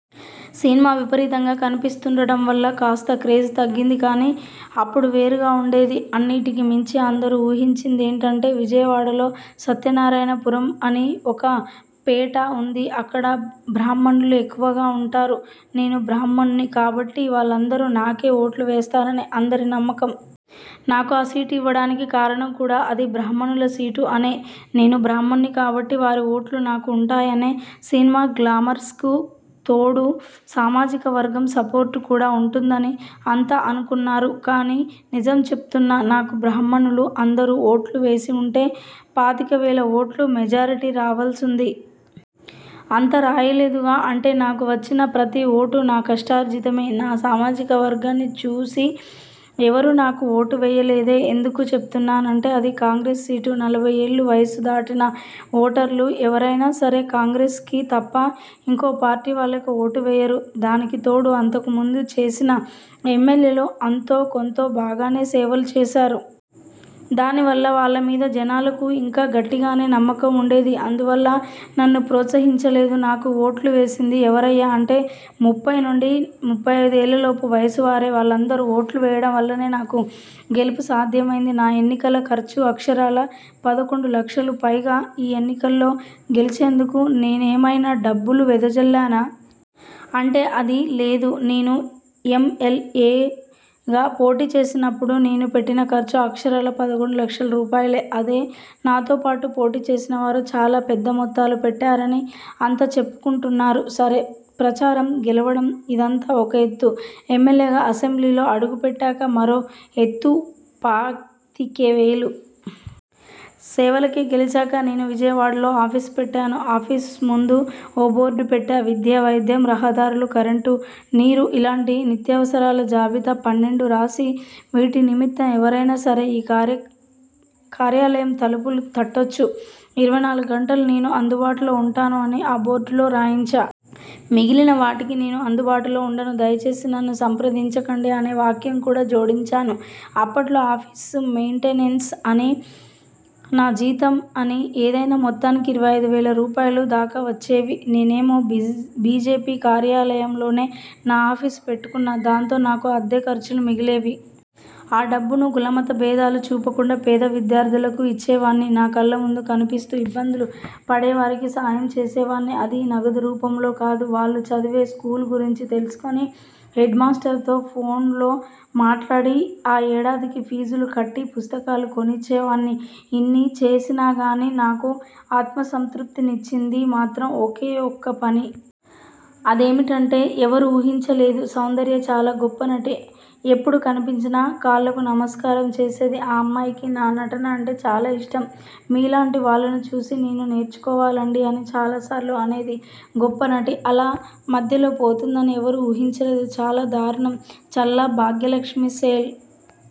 Cinema విపరీతంగా కనిపిస్తుండటంవల్ల కాస్త క్రేజ్ తగ్గిందికానీ అప్పుడు వేరుగా ఉండేది. అన్నిటికీ మించి అందరూ ఊహించింది ఏంటంటే విజయవాడలో సత్యనారాయణపురం అని ఒక పేట ఉంది. అక్కడ బ్రాహ్మణులు ఎక్కువగా ఉంటారు. నేను బ్రాహ్మణుణ్ణి కాబట్టి వాళ్ళందరూ నాకే ఓట్లు వేస్తారని అందరి నమ్మకం. నాకు ఆ సీటు ఇవ్వడానికి కారణం కూడా అది బ్రాహ్మణుల సీటు అనే. నేను బ్రాహ్మణ్ణి కాబట్టి, వారి ఓట్లు నాకు ఉంటాయనే. సినిమా గ్లామర్స్కు తోడు సామాజికవర్గం సపోర్ట్ కూడా ఉంటుందని అంతా అనుకున్నారు. కానీ నిజం చెబుతున్నా. నాకు బ్రాహ్మణులు అందరూ ఓట్లు వేసి ఉంటే పాతికవేల ఓట్ల మెజారిటీ రావాల్సింది. అంత రాయలేదుగా.. అంటే నాకు వచ్చిన ప్రతి ఓటూ నా కష్టార్జితమే. నా సామాజికవర్గాన్ని చూసి ఎవరూ నాకు ఓటు వేయలేదే. ఎందుకు చెప్తున్నానంటే.. అది కాంగ్రెస్ సీటు. నలభైఏళ్ళు వయసు దాటిన ఓటర్లు ఎవరైనాసరే కాంగ్రెస్కితప్ప, ఇంకోపార్టీవాళ్ళకి ఓటు వేయరు. దానికితోడు అంతకుముందు చేసిన ఎమ్మెల్యేలు అంతో కొంతో బాగానే సేవలు చేశారు. దానివల్ల వాళ్ళమీద జనాలకు ఇంకా గట్టిగానే నమ్మకం ఉండేది. అందువల్ల నన్ను ప్రోత్సహించలేదు. నాకు ఓట్లు వేసింది ఎవరయ్యా అంటే ముప్పై నుండి ముప్పై ఐదు ఏళ్ళలోపు వయసువారే. వాళ్ళందరూ ఓట్లు వేయడంవల్లనే నాకు గెలుపు సాధ్యమైంది. నా ఎన్నికల ఖర్చు అక్షరాలా పదకొండు లక్షలు! పైగా ఈ ఎన్నికల్లో గెలిచేందుకు నేనేమైనా డబ్బులు వెదజల్లానా? అంటే అదీ లేదు. నేను ఎం. ఎల్. ఏగా పోటీ చేసినప్పుడు నేను పెట్టిన ఖర్చు అక్షరాలా పదకొండులక్షల రూపాయలే. అదే నాతోపాటు పోటీ చేసిన వారు చాలా పెద్ద మొత్తాలు పెట్టారని అంతా చెప్పుకుంటున్నారు. సరే.. ప్రచారం, గెలవడం ఇదంతా ఒక ఎత్తు. ఎమ్మెల్యేగా అసెంబ్లీలో అడుగుపెట్టాక మరో ఎత్తుపాతికే వేలు.. సేవలకే! గెలిచాక నేను విజయవాడలో ఆఫీస్ పెట్టాను. ఆఫీస్ముందు ఓ బోర్డు పెట్టా. విద్య, వైద్యం, రహదారులు, కరెంటు, నీరుఇలాంటి నిత్యావసరాల జాబితా పన్నెండు రాసి.. 'వీటి నిమిత్తం ఎవరైనా సరే.. ఈ కార్యాలయం తలుపులు తట్టొచ్చు. ఇరవై నాలుగు గంటలూ నేను అందుబాటులో ఉంటాను' అని ఆ బోర్డులో రాయించా. 'మిగిలిన వాటికి నేను అందుబాటులో ఉండను.. దయచేసి నన్ను సంప్రదించకండి' అనే వాక్యం కూడా జోడించాను. అప్పట్లో ఆఫీస్ మెయింటెనెన్స్ అని, నా జీతం అనీ.. ఏదైనా మొత్తానికి ఇరవై ఐదు వేల రూపాయలు దాకా వచ్చేవి. నేనేమో బీజేపీ కార్యాలయంలోనే నా ఆఫీసు పెట్టుకున్నా. దాంతో నాకు అద్దె ఖర్చులు మిగిలేవి. ఆ డబ్బును కులమత భేదాలు చూపకుండా పేద విద్యార్థులకు ఇచ్చేవాణ్ణి. నా కళ్ళముందు కనిపిస్తూ ఇబ్బందులు పడేవారికే సాయం చేసేవాణ్ణి. అదీ నగదురూపంలో కాదు.. వాళ్ళు చదివే స్కూలు గురించి తెలుసుకుని, హెడ్మాస్టర్తో ఫోనులో మాట్లాడి ఆ ఏడాదికి పీజులు కట్టి, పుస్తకాలు కొనిచ్చేవాణ్ణి. ఇన్ని చేసినాగానీ, నాకు ఆత్మసంతృప్తినిచ్చింది మాత్రం ఒకే ఒక్క పని. అదేమిటంటేఎవరూ ఊహించలేదుసౌందర్య చాలా గొప్పనటి. ఎప్పుడు కనిపించినా కాళ్లకు నమస్కారం చేసేది. ఆ అమ్మాయికి నా నటనంటే చాలా ఇష్టం. 'మీ లాంటి వాళ్ళను చూసి నేను నేర్చుకోవాలండీ' అని చాలాసార్లు అనేది. గొప్పనటి అలా మధ్యలో పోతుందని ఎవరూ ఊహించలేదు. చాలా దారుణం. –చల్లా భాగ్యలక్ష్మి సెల్:।